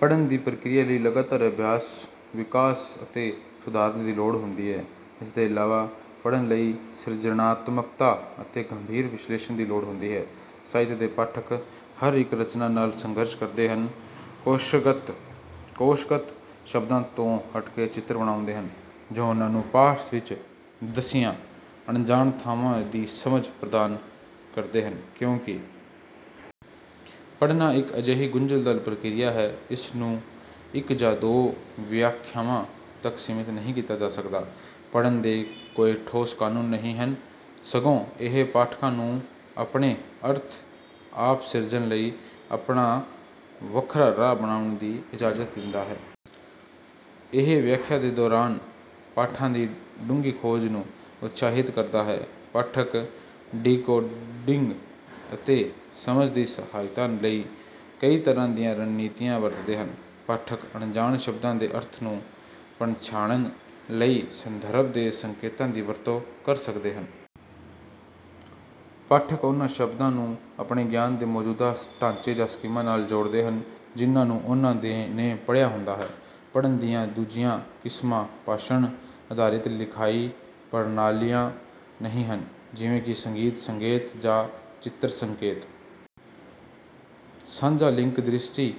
ਪੜ੍ਹਨ ਦੀ ਪ੍ਰਕਿਰਿਆ ਲਈ ਲਗਾਤਾਰ ਅਭਿਆਸ, ਵਿਕਾਸ ਅਤੇ ਸੁਧਾਰ ਦੀ ਲੋੜ ਹੁੰਦੀ ਹੈ। ਇਸ ਦੇ ਇਲਾਵਾ, ਪੜ੍ਹਨ ਲਈ ਸਿਰਜਣਾਤਮਕਤਾ ਅਤੇ ਗੰਭੀਰ ਵਿਸ਼ਲੇਸ਼ਣ ਦੀ ਲੋੜ ਹੁੰਦੀ ਹੈ। ਸਾਹਿਤ ਦੇ ਪਾਠਕ ਹਰ ਇੱਕ ਰਚਨਾ ਨਾਲ ਸੰਘਰਸ਼ ਕਰਦੇ ਹਨ ਅਤੇ ਕੋਸ਼ਗਤ ਸ਼ਬਦਾਂ ਤੋਂ ਹਟ ਕੇ ਚਿੱਤਰ ਬਣਾਉਂਦੇ ਹਨ, ਜੋ ਉਨ੍ਹਾਂ ਨੂੰ ਪਾਠ ਵਿੱਚ ਦੱਸੀਆਂ ਅਣਜਾਣ ਥਾਵਾਂ ਦੀ ਸਮਝ ਪ੍ਰਦਾਨ ਕਰਦੇ ਹਨ। ਕਿਉਂਕਿ ਪੜ੍ਹਨਾ ਇੱਕ ਅਜਿਹੀ ਗੁੰਝਲਦਾਰ ਪ੍ਰਕਿਰਿਆ ਹੈ, ਇਸ ਨੂੰ ਇੱਕ ਜਾਂ ਦੋ ਵਿਆਖਿਆਵਾਂ ਤੱਕ ਸੀਮਤ ਨਹੀਂ ਕੀਤਾ ਜਾ ਸਕਦਾ। ਪੜ੍ਹਨ ਦੇ ਕੋਈ ਠੋਸ ਕਾਨੂੰਨ ਨਹੀਂ ਹਨ, ਸਗੋਂ ਇਹ ਪਾਠਕਾਂ ਨੂੰ ਆਪਣੇ ਅਰਥ ਆਪ ਸਿਰਜਣ ਲਈ ਆਪਣਾ ਵੱਖਰਾ ਰਾਹ ਬਣਾਉਣ ਦੀ ਇਜਾਜ਼ਤ ਦਿੰਦਾ ਹੈ। ਇਹ ਵਿਆਖਿਆ ਦੇ ਦੌਰਾਨ ਪਾਠਾਂ ਦੀ ਡੂੰਘੀ ਖੋਜ ਨੂੰ ਉਤਸ਼ਾਹਿਤ ਕਰਦਾ ਹੈ। ਪਾਠਕ ਡੀਕੋਡਿੰਗ ਅਤੇ ਸਮਝ ਦੀ ਸਹਾਇਤਾ ਲਈ ਕਈ ਤਰ੍ਹਾਂ ਦੀਆਂ ਰਣਨੀਤੀਆਂ ਵਰਤਦੇ ਹਨ। ਪਾਠਕ ਅਣਜਾਣ ਸ਼ਬਦਾਂ ਦੇ ਅਰਥ ਨੂੰ ਪਛਾਣਨ ਲਈ ਸੰਦਰਭ ਦੇ ਸੰਕੇਤਾਂ ਦੀ ਵਰਤੋਂ ਕਰ ਸਕਦੇ ਹਨ। ਪਾਠਕ ਉਹਨਾਂ ਸ਼ਬਦਾਂ ਨੂੰ ਆਪਣੇ ਗਿਆਨ ਦੇ ਮੌਜੂਦਾ ਢਾਂਚੇ ਜਾਂ ਸਕੀਮਾ ਨਾਲ ਜੋੜਦੇ ਹਨ, ਜਿਨ੍ਹਾਂ ਨੂੰ ਉਨ੍ਹਾਂ ਨੇ ਪੜ੍ਹਿਆ ਹੁੰਦਾ ਹੈ। ਪੜ੍ਹਨ ਦੀਆਂ ਦੂਸਰੀਆਂ ਕਿਸਮਾਂ ਭਾਸ਼ਣ-ਅਧਾਰਿਤ ਲਿਖਾਈ ਪ੍ਰਣਾਲੀਆਂ ਨਹੀਂ ਹਨ, ਜਿਵੇਂ ਕਿ ਸੰਗੀਤ-ਸੰਕੇਤ ਜਾਂ ਚਿੱਤਰ-ਸੰਕੇਤ। ਸਾਂਝਾ ਲਿੰਕ ਦ੍ਰਿਸ਼ਟੀ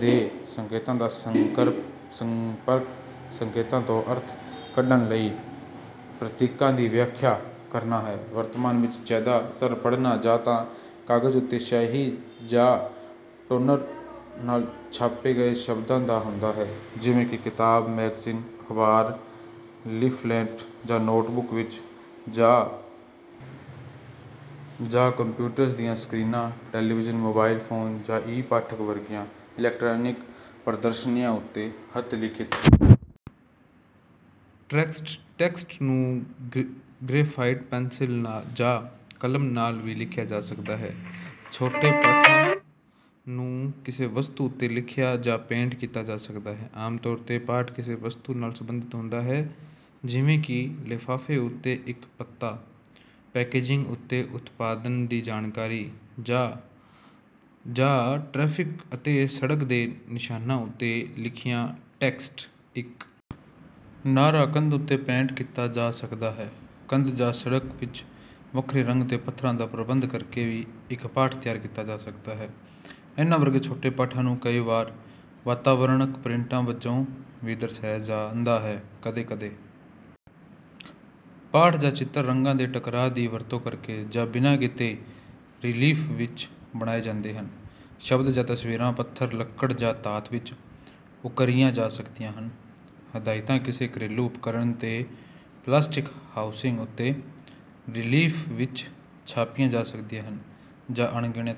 ਦੇ ਸੰਕੇਤਾਂ ਜਾਂ ਸੰਪਰਕ ਸੰਕੇਤਾਂ ਤੋਂ ਅਰਥ ਕੱਢਣ ਲਈ ਪ੍ਰਤੀਕਾਂ ਦੀ ਵਿਆਖਿਆ ਕਰਨਾ ਹੈ। ਵਰਤਮਾਨ ਵਿੱਚ ਜ਼ਿਆਦਾਤਰ ਪੜ੍ਹਨਾ ਜਾਂ ਤਾਂ ਕਾਗਜ਼ ਉੱਤੇ ਸਿਆਹੀ ਜਾਂ ਟੋਨਰ ਨਾਲ ਛਾਪੇ ਗਏ ਸ਼ਬਦਾਂ ਦਾ ਹੁੰਦਾ ਹੈ, ਜਿਵੇਂ ਕਿ ਕਿਤਾਬ, ਮੈਗਜ਼ੀਨ, ਅਖ਼ਬਾਰ, ਲੀਫ਼ਲੈਟ ਜਾਂ ਨੋਟਬੁੱਕ ਵਿੱਚ, ਜਾਂ ਕੰਪਿਊਟਰ ਦੀਆਂ ਸਕ੍ਰੀਨਾਂ, ਟੈਲੀਵਿਜ਼ਨ, ਮੋਬਾਈਲ ਫ਼ੋਨ ਜਾਂ ਈ-ਪਾਠਕ ਵਰਗੀਆਂ ਇਲੈਕਟ੍ਰਾਨਿਕ ਪ੍ਰਦਰਸ਼ਨੀਆਂ ਉੱਤੇ। ਹੱਥ-ਲਿਖਤ ਟੈਕਸਟ ਨੂੰ ਗ੍ਰੈਫਾਈਟ ਪੈਨਸਿਲ ਜਾਂ ਕਲਮ ਨਾਲ ਵੀ ਲਿਖਿਆ ਜਾ ਸਕਦਾ ਹੈ। ਛੋਟੇ ਪਾਠਾਂ ਨੂੰ ਕਿਸੇ ਵਸਤੂ ਉੱਤੇ ਲਿਖਿਆ ਜਾਂ ਪੇਂਟ ਕੀਤਾ ਜਾ ਸਕਦਾ ਹੈ। ਆਮ ਤੌਰ ’ਤੇ ਪਾਠ ਕਿਸੇ ਵਸਤੂ ਨਾਲ ਸਬੰਧਤ ਹੁੰਦਾ ਹੈ, ਜਿਵੇਂ ਕਿ ਲਿਫ਼ਾਫ਼ੇ ਉੱਤੇ ਇੱਕ ਪਤਾ, ਪੈਕੇਜਿੰਗ ਉੱਤੇ ਉਤਪਾਦ ਦੀ ਜਾਣਕਾਰੀ, ਜਾਂ ਟ੍ਰੈਫ਼ਿਕ ਅਤੇ ਸੜਕ ਦੇ ਨਿਸ਼ਾਨਾਂ ਉੱਤੇ ਲਿਖਿਆ ਟੈਕਸਟ। ਇੱਕ ਨਾਅਰਾ ਕੰਧ ਉੱਤੇ ਪੇਂਟ ਕੀਤਾ ਜਾ ਸਕਦਾ ਹੈ। ਕੰਧ ਜਾਂ ਸੜਕ ਵਿੱਚ ਵੱਖਰੇ ਰੰਗ ਦੇ ਪੱਥਰਾਂ ਦਾ ਪ੍ਰਬੰਧ ਕਰਕੇ ਵੀ ਇੱਕ ਪਾਠ ਤਿਆਰ ਕੀਤਾ ਜਾ ਸਕਦਾ ਹੈ। ਇਹਨਾਂ ਵਰਗੇ ਛੋਟੇ ਪਾਠਾਂ ਨੂੰ ਕਈ ਵਾਰ ਵਾਤਾਵਰਣਕ ਪ੍ਰਿੰਟਾਂ ਵਜੋਂ ਵੀ ਦਰਸਾਇਆ ਜਾਂਦਾ ਹੈ। ਕਦੇ-ਕਦੇ ਪਾਠ ਜਾਂ ਚਿੱਤਰ ਰੰਗਾਂ ਦੇ ਟਕਰਾਅ ਦੀ ਵਰਤੋਂ ਕਰਕੇ ਜਾਂ ਬਿਨਾਂ ਕੀਤੇ, ਰਿਲੀਫ਼ ਵਿੱਚ ਬਣਾਏ ਜਾਂਦੇ ਹਨ। ਸ਼ਬਦ ਜਾਂ ਤਸਵੀਰਾਂ ਪੱਥਰ, ਲੱਕੜ ਜਾਂ ਧਾਤ ਵਿੱਚ ਉੱਕਰੀਆਂ ਜਾ ਸਕਦੀਆਂ ਹਨ। ਹਦਾਇਤਾਂ ਕਿਸੇ ਘਰੇਲੂ ਉਪਕਰਣ ਦੇ ਪਲਾਸਟਿਕ ਹਾਊਸਿੰਗ ਉੱਤੇ ਰਿਲੀਫ਼ ਵਿੱਚ ਛਾਪੀਆਂ ਜਾ ਸਕਦੀਆਂ ਹਨ। ਜਾਂ ਅਣਗਿਣਤ...